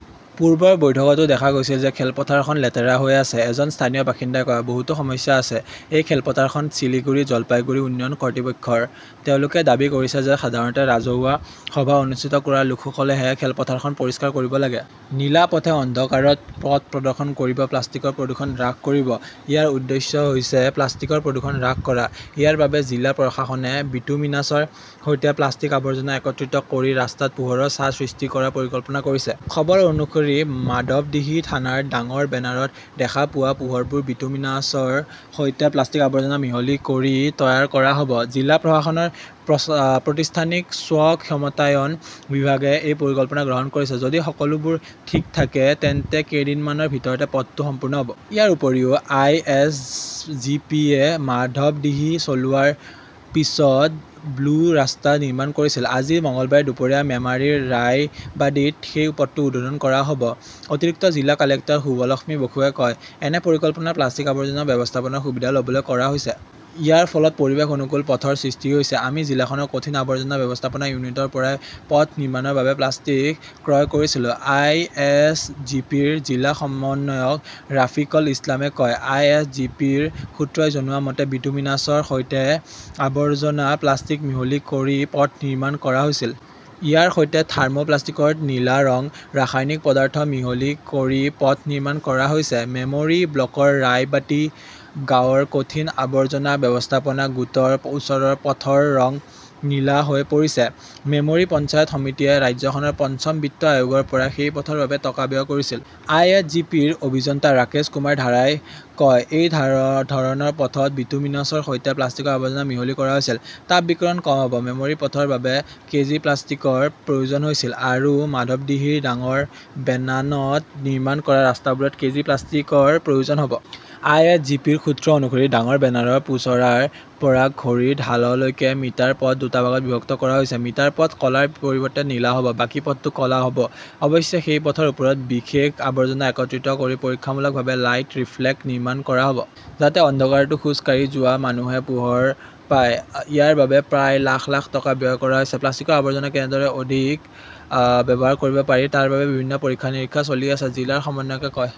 "পূৰ্বৰ বৈঠকতো দেখা গৈছিল যে খেলপথাৰখন লেতেৰা হৈ আছে", এজন স্থানীয় বাসিন্দাই কয়। বহুতো সমস্যা আছে। এই খেলপথাৰখন শিলিগুড়ি-জলপাইগুড়ি উন্নয়ন কৰ্তৃপক্ষৰ। তেওঁলোকে দাবী কৰিছে যে সাধাৰণতে ৰাজহুৱা সভা অনুষ্ঠিত কৰা লোকসকলেহে খেলপথাৰখন পৰিষ্কাৰ কৰিব লাগে। 'নীলা পথে' অন্ধকাৰত পথ প্ৰদৰ্শন কৰিব, প্লাষ্টিকৰ প্ৰদূষণ হ্ৰাস কৰিব।‌‌ ইয়াৰ উদ্দেশ্য হৈছে প্লাষ্টিকৰ প্ৰদূষণ হ্ৰাস কৰা। ইয়াৰ বাবে জিলা প্ৰশাসনে বিটুমিনাছৰ সৈতে প্লাষ্টিক-আৱৰ্জনা একত্ৰিত কৰি ৰাস্তাত পোহৰৰ ছাঁ সৃষ্টি কৰাৰ পৰিকল্পনা কৰিছে। খবৰ অনুসৰি, মাধৱদীহি থানাৰ ডাঙৰ বেনাৰত দেখা পোৱা পোহৰবোৰ বিটুমিনছৰ সৈতে প্লাষ্টিক-আৱৰ্জনা মিহলি কৰি তৈয়াৰ কৰা হ 'ব। জিলা প্ৰশাসনৰ প্ৰতিষ্ঠানিক স্ব-ক্ষমতায়ন বিভাগে এই পৰিকল্পনা গ্ৰহণ কৰিছে। যদি সকলোবোৰ ঠিক থাকে, তেন্তে কেইদিনমানৰ ভিতৰতে পথটো সম্পূৰ্ণ হ'ব। ইয়াৰ উপৰিও, আই. এছ. জি. পি. -য়ে মাধৱদীহি চলোৱাৰ পিছত 'ব্লু ৰাস্তা' নিৰ্মাণ কৰিছিল। আজি, মঙলবাৰে দুপৰীয়া মেমাৰীৰ ৰায়বাদীত সেই পথটো উদ্বোধন কৰা হ'ব। অতিৰিক্ত জিলা কালেক্টৰ শুভলক্ষ্মী বসুৱে কয়, "এনে পৰিকল্পনা প্লাষ্টিক-আৱৰ্জনা ব্যৱস্থাপনাৰ সুবিধা ল'বলৈ কৰা হৈছে। ইয়াৰ ফলত পৰিৱেশ অনুকূল পথৰ সৃষ্টি হৈছে। আমি জিলাখনৰ কঠিন আৱৰ্জনা ব্যৱস্থাপনা ইউনিটৰ পৰাই পথ নিৰ্মাণৰ বাবে প্লাষ্টিক ক্ৰয় কৰিছিলো"। আইএছজিপিৰ জিলা সমন্বয়ক ৰাফিকল ইছলামে কয়, "আই. এছ. জি. পি. -ৰ সূত্ৰই জনোৱা মতে, বিটুমিনাছৰ সৈতে আৱৰ্জনা-প্লাষ্টিক মিহলি কৰি পথ নিৰ্মাণ কৰা হৈছিল। ইয়াৰ সৈতে থাৰ্মো-প্লাষ্টিকৰ নীলা ৰং, ৰাসায়নিক পদাৰ্থ মিহলি কৰি পথ নিৰ্মাণ কৰা হৈছে"। মেমৰী ব্লকৰ ৰায়বাটি গাঁৱৰ কঠিন আৱৰ্জনা ব্যৱস্থাপনা গোটৰ ওচৰৰ পথৰ ৰং নীলা হৈ পৰিছে। মেমৰি পঞ্চায়ত সমিতিয়ে ৰাজ্যখনৰ পঞ্চম বিত্ত আয়োগৰ পৰা সেই পথৰ বাবে টকা ব্যয় কৰিছিল। আই. এছ. জি. পি. -ৰ অভিযন্তা ৰাকেশ কুমাৰ ধাৰাই কয়, "এই ধৰণৰ পথত বিটুমিনছৰ সৈতে প্লাষ্টিকৰ আৱৰ্জনা মিহলি কৰা হৈছিল। " তাপ-বিকিৰণ কম হ'ব। মেমৰীৰ পথৰ বাবে কেজি প্লাষ্টিকৰ প্ৰয়োজন হৈছিল। আৰু মাধৱদীহিৰ ডাঙৰ বেনানত নিৰ্মাণ কৰা ৰাস্তাবোৰত কেজি প্লাষ্টিকৰ প্ৰয়োজন হ'ব। আই. এছ. জি. পি. -ৰ সূত্ৰ অনুসৰি, ডাঙৰ বেনানৰ পোচৰাৰ পৰা ঘড়ীৰ ঢাললৈকে মিটাৰ পথ দুটা ভাগত বিভক্ত কৰা হৈছে। মিটাৰ পথ ক'লাৰ পৰিৱৰ্তে নীলা হ'ব। বাকী পথটো ক'লা হ'ব। অৱশ্যে, সেই পথৰ ওপৰত বিশেষ আৱৰ্জনা একত্ৰিত কৰি পৰীক্ষামূলকভাৱে 'লাইট ৰিফ্লেক্টৰ' নিৰ্মাণ কৰা হ'ব। যাতে অন্ধকাৰতো খোজ কাঢ়ি যোৱা মানুহে পোহৰ পায়। ইয়াৰ বাবে প্ৰায় লাখ লাখ টকা ব্যয় কৰা হৈছে। "প্লাষ্টিকৰ আৱৰ্জনা কেনেদৰে অধিক ব্যৱহাৰ কৰিব পাৰি তাৰ বাবে বিভিন্ন পৰীক্ষা-নিৰীক্ষা চলি আছে", জিলাৰ সমন্বয়কে কয়।